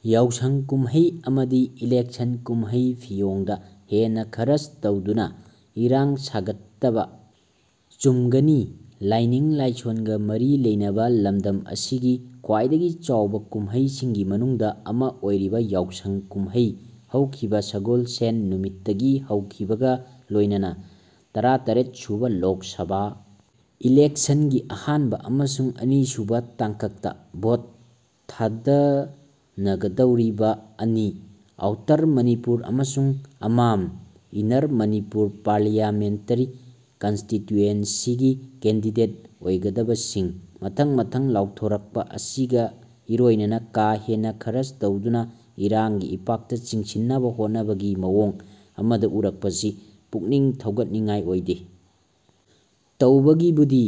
ꯌꯥꯎꯁꯪ ꯀꯨꯝꯍꯩ ꯑꯃꯗꯤ ꯏꯂꯦꯛꯁꯟ ꯀꯨꯝꯍꯩ-ꯐꯤꯌꯣꯡꯗ ꯍꯦꯟꯅ ꯈꯔꯆ ꯇꯧꯗꯨꯅ ꯏꯔꯥꯡ ꯁꯥꯒꯠꯇꯕ ꯆꯨꯝꯒꯅꯤ ꯂꯥꯏꯅꯤꯡ-ꯂꯥꯏꯁꯣꯟꯒ ꯃꯔꯤ ꯂꯩꯅꯕ ꯂꯝꯗꯝ ꯑꯁꯤꯒꯤ ꯈ꯭ꯋꯥꯏꯗꯒꯤ ꯆꯥꯎꯕ ꯀꯨꯝꯍꯩꯁꯤꯡꯒꯤ ꯃꯅꯨꯡꯗ ꯑꯃ ꯑꯣꯏꯔꯤꯕ ꯌꯥꯎꯁꯪ ꯀꯨꯝꯍꯩ ꯍꯧꯈꯤꯕ ꯁꯒꯣꯜꯁꯦꯟ ꯅꯨꯃꯤꯠꯇꯒꯤ ꯍꯧꯈꯤꯕꯒ ꯂꯣꯏꯅꯅ ꯇꯔꯥꯇꯔꯦꯠ ꯁꯨꯕ ꯂꯣꯛ ꯁꯚꯥ ꯏꯂꯦꯛꯁꯟꯒꯤ ꯑꯍꯥꯟꯕ ꯑꯃꯁꯨꯡ ꯑꯅꯤꯁꯨꯕ ꯇꯥꯡꯀꯛꯇ ꯚꯣꯠ ꯊꯥꯗꯅꯒꯗꯧꯔꯤꯕ ꯑꯅꯤ-ꯑꯥꯎꯇꯔ ꯃꯅꯤꯄꯨꯔ ꯑꯃꯁꯨꯡ ꯑꯃꯥꯝ-ꯏꯟꯅꯔ ꯃꯅꯤꯄꯨꯔ ꯄꯥꯔꯂꯤꯌꯥꯃꯦꯟꯇꯔꯤ ꯀꯟꯁꯇꯤꯇ꯭ꯌꯨꯌꯦꯟꯁꯤꯒꯤ ꯀꯦꯟꯗꯤꯗꯦꯠ ꯑꯣꯏꯒꯗꯕꯁꯤꯡ ꯃꯊꯪ-ꯃꯊꯪ ꯂꯥꯎꯊꯣꯛꯅꯔꯛꯄ ꯑꯁꯤꯒ ꯏꯔꯣꯏꯅꯅ ꯀꯥ-ꯍꯦꯟꯅ ꯈꯔꯆ ꯇꯧꯗꯨꯅ ꯏꯔꯥꯡꯒꯤ ꯏꯄꯥꯛꯇ ꯆꯤꯡꯁꯤꯟꯅꯕ ꯍꯣꯠꯅꯕꯒꯤ ꯃꯑꯣꯡ ꯑꯃꯗ ꯎꯔꯛꯄꯁꯤ ꯄꯨꯛꯅꯤꯡ ꯊꯧꯒꯠꯅꯤꯡꯉꯥꯏ ꯑꯣꯏꯗꯦ꯫ ꯇꯧꯕꯒꯤꯕꯨꯗꯤ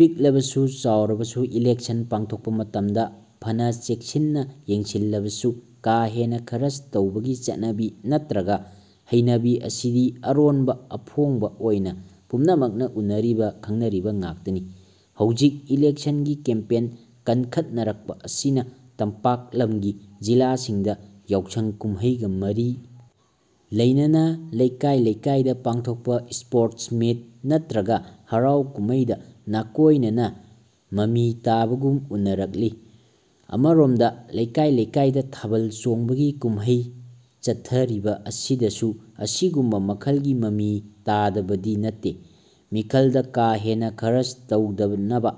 ꯄꯤꯛꯂꯕꯁꯨ ꯆꯥꯎꯔꯕꯁꯨ ꯏꯂꯦꯛꯁꯟ ꯄꯥꯡꯊꯣꯛꯄ ꯃꯇꯝꯗ ꯐꯅ ꯆꯦꯛꯁꯤꯟꯅ ꯌꯦꯡꯁꯤꯜꯂꯕꯁꯨ ꯀꯥ-ꯍꯦꯟꯅ ꯈꯔꯆ ꯇꯧꯕꯒꯤ ꯆꯠꯅꯕꯤ ꯅꯠꯇ꯭ꯔꯒ ꯍꯩꯅꯕꯤ ꯑꯁꯤꯗꯤ ꯑꯔꯣꯟꯕ-ꯑꯐꯣꯡꯕ ꯑꯣꯏꯅ ꯄꯨꯝꯅꯃꯛꯅ ꯎꯅꯔꯤꯕ ꯈꯪꯅꯔꯤꯕ ꯉꯥꯛꯇꯅꯤ꯫ ꯍꯧꯖꯤꯛ ꯏꯂꯦꯛꯁꯟꯒꯤ ꯀꯦꯝꯄꯦꯟ ꯀꯟꯈꯠꯅꯔꯛꯄ ꯑꯁꯤꯅ ꯇꯝꯄꯥꯛ ꯂꯝꯒꯤ ꯖꯤꯂꯥꯁꯤꯡꯗ ꯌꯥꯎꯁꯪ ꯀꯨꯝꯍꯩꯒ ꯃꯔꯤ ꯂꯩꯅꯅ ꯂꯩꯀꯥꯏ-ꯂꯩꯀꯥꯏꯗ ꯄꯥꯡꯊꯣꯛꯄ ꯁ꯭ꯄꯣꯔꯠꯁ ꯃꯤꯠ ꯅꯠꯇ꯭ꯔꯒ ꯍꯔꯥꯎ ꯀꯨꯃꯩꯗ ꯅꯥꯀꯣꯏꯅꯅ ꯃꯃꯤ ꯇꯥꯕꯒꯨꯝ ꯎꯅꯔꯛꯂꯤ꯫ ꯑꯃꯔꯣꯝꯗ ꯂꯩꯀꯥꯏ-ꯂꯩꯀꯥꯏꯗ ꯊꯥꯕꯜ ꯆꯣꯡꯕꯒꯤ ꯀꯨꯝꯍꯩ ꯆꯠꯊꯔꯤꯕ ꯑꯁꯤꯗꯁꯨ ꯑꯁꯤꯒꯨꯝꯕ ꯃꯈꯜꯒꯤ ꯃꯃꯤ ꯇꯥꯗꯕꯗꯤ ꯅꯠꯇꯦ꯫ ꯃꯤꯈꯜꯗ ꯀꯥ-ꯍꯦꯟꯅ ꯈꯔꯆ ꯇꯧꯗꯅꯕ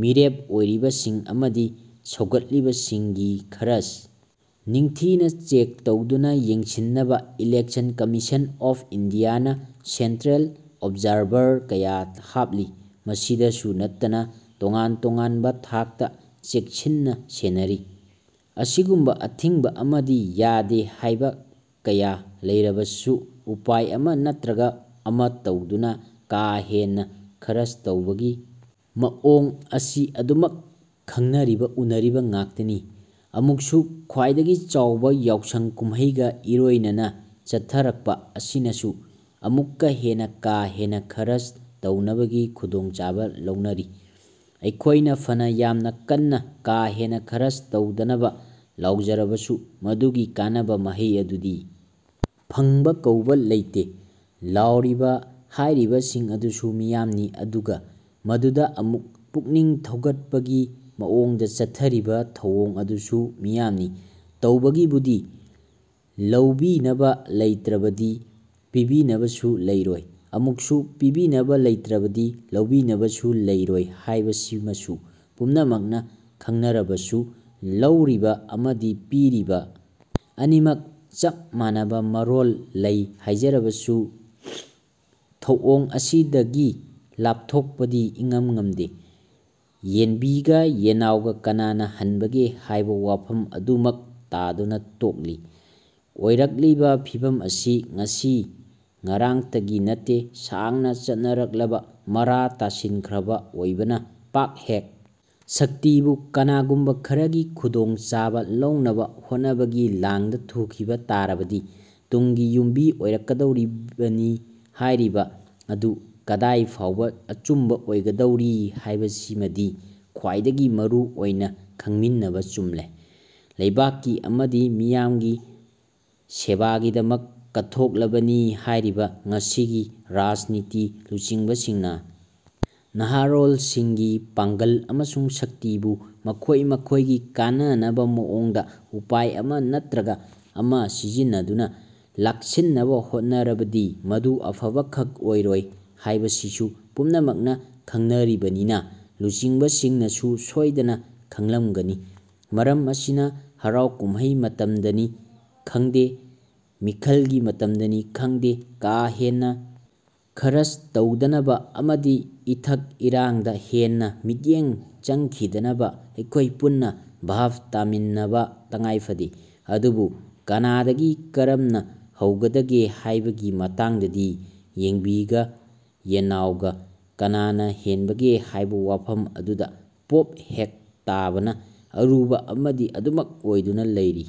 ꯃꯤꯔꯦꯞ ꯑꯣꯏꯔꯤꯕꯁꯤꯡ ꯑꯃꯗꯤ ꯁꯧꯒꯠꯂꯤꯕꯁꯤꯡꯒꯤ ꯈꯔꯆ ꯅꯤꯡꯊꯤꯅ ꯆꯦꯛ ꯇꯧꯗꯨꯅ ꯌꯦꯡꯁꯤꯟꯅꯕ ꯏꯂꯦꯛꯁꯟ ꯀꯝꯃꯤꯁꯟ ꯑꯣꯐ ꯏꯟꯗꯤꯌꯥꯅ ꯁꯦꯟꯇ꯭ꯔꯦꯜ ꯑꯣꯕꯖꯥꯔꯚꯔ ꯀꯌꯥ ꯍꯥꯞꯂꯤ꯫ ꯃꯁꯤꯗꯁꯨ ꯅꯠꯇꯅ ꯇꯣꯉꯥꯟ-ꯇꯣꯉꯥꯟꯕ ꯊꯥꯛꯇ ꯆꯦꯛꯁꯤꯟꯅ ꯁꯦꯟꯅꯔꯤ꯫ ꯑꯁꯤꯒꯨꯝꯕ ꯑꯊꯤꯡꯕ ꯑꯃꯗꯤ ꯌꯥꯗꯦ ꯍꯥꯏꯕ ꯀꯌꯥ ꯂꯩꯔꯕꯁꯨ ꯎꯄꯥꯏ ꯑꯃ ꯅꯠꯇ꯭ꯔꯒ ꯑꯃ ꯇꯧꯗꯨꯅ ꯀꯥꯍꯦꯟꯅ ꯈꯔꯆ ꯇꯧꯕꯒꯤ ꯃꯑꯣꯡ ꯑꯁꯤ ꯑꯗꯨꯝꯃꯛ ꯈꯪꯅꯔꯤꯕ ꯎꯅꯔꯤꯕ ꯉꯥꯛꯇꯅꯤ꯫ ꯑꯃꯨꯛꯁꯨ ꯈ꯭ꯋꯥꯏꯗꯒꯤ ꯆꯥꯎꯕ ꯌꯥꯎꯁꯪ ꯀꯨꯝꯍꯩꯒ ꯏꯔꯣꯏꯅꯅ ꯆꯠꯊꯔꯛꯄ ꯑꯁꯤꯅꯁꯨ ꯑꯃꯨꯛꯀ ꯍꯦꯟꯅ ꯀꯥ-ꯍꯦꯟꯅ ꯈꯔꯆ ꯇꯧꯅꯕꯒꯤ ꯈꯨꯗꯣꯡꯆꯥꯕ ꯂꯧꯅꯔꯤ꯫ ꯑꯩꯈꯣꯏꯅ ꯐꯅ ꯌꯥꯝꯅ ꯀꯟꯅ ꯀꯥ-ꯍꯦꯟꯅ ꯈꯔꯆ ꯇꯧꯗꯅꯕ ꯂꯥꯎꯔꯕꯁꯨ ꯃꯗꯨꯒꯤ ꯀꯥꯟꯅꯕ ꯃꯍꯩ ꯑꯗꯨꯗꯤ ꯐꯪꯕ ꯀꯧꯕ ꯂꯩꯇꯦ꯫ ꯂꯥꯎꯔꯤꯕ, ꯍꯥꯏꯔꯤꯕꯁꯤꯡ ꯑꯗꯨꯁꯨ ꯃꯤꯌꯥꯝꯅꯤ ꯑꯗꯨꯒ ꯃꯗꯨꯗ ꯑꯃꯨꯛ ꯄꯨꯛꯅꯤꯡ ꯊꯧꯒꯠꯄꯒꯤ ꯃꯑꯣꯡꯗ ꯆꯠꯊꯔꯤꯕ ꯊꯧꯑꯣꯡ ꯑꯗꯨꯁꯨ ꯃꯤꯌꯥꯝꯅꯤ꯫ ꯇꯧꯕꯒꯤꯕꯨꯗꯤ ꯂꯧꯕꯤꯅꯕ ꯂꯩꯇ꯭ꯔꯕꯗꯤ ꯄꯤꯕꯤꯅꯕꯁꯨ ꯂꯩꯔꯣꯏ, ꯑꯃꯨꯛꯁꯨ ꯄꯤꯕꯤꯅꯕ ꯂꯩꯇ꯭ꯔꯕꯗꯤ ꯂꯧꯕꯤꯅꯕꯁꯨ ꯂꯩꯔꯣꯏ ꯍꯥꯏꯕꯁꯤꯃꯁꯨ ꯄꯨꯝꯅꯃꯛꯅ ꯈꯪꯅꯔꯕꯁꯨ, ꯂꯧꯔꯤꯕ ꯑꯃꯗꯤ ꯄꯤꯔꯤꯕ ꯑꯅꯤꯃꯛ ꯆꯞ ꯃꯥꯟꯅꯕ ꯃꯔꯣꯜ ꯂꯩ ꯍꯥꯏꯖꯔꯕꯁꯨ ꯊꯧꯑꯣꯡ ꯑꯁꯤꯗꯒꯤ ꯂꯥꯞꯊꯣꯛꯄꯗꯤ ꯏꯉꯝ ꯉꯝꯗꯦ꯫ ꯌꯦꯟꯕꯤꯒ ꯌꯦꯟꯅꯥꯎꯒ ꯀꯅꯥꯅ ꯍꯟꯕꯒꯦ ꯍꯥꯏꯕ ꯋꯥꯐꯝ ꯑꯗꯨꯃꯛ ꯇꯥꯗꯨꯅ ꯇꯣꯛꯂꯤ꯫ ꯑꯣꯏꯔꯛꯂꯤꯕ ꯐꯤꯚꯝ ꯑꯁꯤ ꯉꯁꯤ ꯉꯔꯥꯡꯇꯒꯤ ꯅꯠꯇꯦ ꯁꯥꯡꯅ ꯆꯠꯅꯔꯛꯂꯕ ꯃꯔꯥ ꯇꯥꯁꯤꯟꯈ꯭ꯔꯕ ꯑꯣꯏꯕꯅ ꯄꯥꯛ ꯍꯦꯛ ꯁꯛꯇꯤꯕꯨ ꯀꯅꯥꯒꯨꯝꯕ ꯈꯔꯒꯤ ꯈꯨꯗꯣꯡꯆꯥꯕ ꯂꯧꯅꯕ ꯍꯣꯠꯅꯕꯒꯤ ꯂꯥꯡꯗ ꯊꯨꯈꯤꯕ ꯇꯥꯔꯕꯗꯤ ꯇꯨꯡꯒꯤ ꯌꯨꯝꯕꯤ ꯑꯣꯏꯔꯛꯀꯗꯧꯔꯤꯕꯅꯤ ꯍꯥꯏꯔꯤꯕ ꯑꯗꯨ ꯀꯗꯥꯏ ꯐꯥꯎꯕ ꯑꯆꯨꯝꯕ ꯑꯣꯏꯒꯗꯧꯔꯤ ꯍꯥꯏꯕꯁꯤꯃꯗꯤ ꯈ꯭ꯋꯥꯏꯗꯒꯤ ꯃꯔꯨ ꯑꯣꯏꯅ ꯈꯪꯃꯤꯟꯅꯕ ꯆꯨꯝꯂꯦ꯫ ꯂꯩꯕꯥꯛꯀꯤ ꯑꯃꯗꯤ ꯃꯤꯌꯥꯝꯒꯤ ꯁꯦꯕꯥꯒꯤꯗꯃꯛ ꯀꯠꯊꯣꯛꯂꯕꯅꯤ ꯍꯥꯏꯔꯤꯕ ꯉꯁꯤꯒꯤ ꯔꯥꯖꯅꯤꯇꯤ ꯂꯨꯆꯤꯡꯕꯁꯤꯡꯅ ꯅꯍꯥꯔꯣꯜꯁꯤꯡꯒꯤ ꯄꯥꯡꯒꯜ ꯑꯃꯁꯨꯡ ꯁꯛꯇꯤꯕꯨ ꯃꯈꯣꯏ-ꯃꯈꯣꯏꯒꯤ ꯀꯥꯟꯅꯅꯕ ꯃꯑꯣꯡꯗ ꯎꯄꯥꯏ ꯑꯃ ꯅꯠꯇ꯭ꯔꯒ ꯑꯃ ꯁꯤꯖꯤꯟꯅꯗꯨꯅ ꯂꯥꯛꯁꯤꯟꯅꯕ ꯍꯣꯠꯅꯔꯕꯗꯤ ꯃꯗꯨ ꯑꯐꯕ ꯈꯛ ꯑꯣꯏꯔꯣꯏ ꯍꯥꯏꯕꯁꯤꯁꯨ ꯄꯨꯝꯅꯃꯛꯅ ꯈꯪꯅꯔꯤꯕꯅꯤꯅ ꯂꯨꯆꯤꯡꯕꯁꯤꯡꯅꯁꯨ ꯁꯣꯏꯗꯅ ꯈꯪꯂꯝꯒꯅꯤ꯫ ꯃꯔꯝ ꯑꯁꯤꯅ ꯍꯔꯥꯎ-ꯀꯨꯝꯍꯩ ꯃꯇꯝꯗꯅꯤ ꯈꯪꯗꯦ, ꯃꯤꯈꯜꯒꯤ ꯃꯇꯝꯗꯅꯤ ꯈꯪꯗꯦ ꯀꯥ-ꯍꯦꯟꯅ ꯈꯔꯆ ꯇꯧꯗꯅꯕ ꯑꯃꯗꯤ ꯏꯊꯛ-ꯏꯔꯥꯡꯗ ꯍꯦꯟꯅ ꯃꯤꯠꯌꯦꯡ ꯆꯪꯈꯤꯗꯅꯕ ꯑꯩꯈꯣꯏ ꯄꯨꯟꯅ ꯚꯥꯕ ꯇꯥꯃꯤꯟꯅꯕ ꯇꯉꯥꯏꯐꯗꯦ꯫ ꯑꯗꯨꯕꯨ ꯀꯅꯥꯗꯒꯤ ꯀꯔꯝꯅ ꯍꯧꯒꯗꯒꯦ ꯍꯥꯏꯕꯒꯤ ꯃꯇꯥꯡꯗꯗꯤ ꯌꯦꯟꯕꯤꯒ ꯌꯦꯟꯅꯥꯎꯒ ꯀꯅꯥꯅ ꯍꯥꯟꯕꯒꯦ ꯍꯥꯏꯕ ꯋꯥꯐꯝ ꯑꯗꯨꯗ ꯄꯣꯞ ꯍꯦꯛ ꯇꯥꯕꯅ ꯑꯔꯨꯕ ꯑꯃꯗꯤ ꯑꯗꯨꯝꯃꯛ ꯑꯣꯏꯗꯨꯅ ꯂꯩꯔꯤ꯫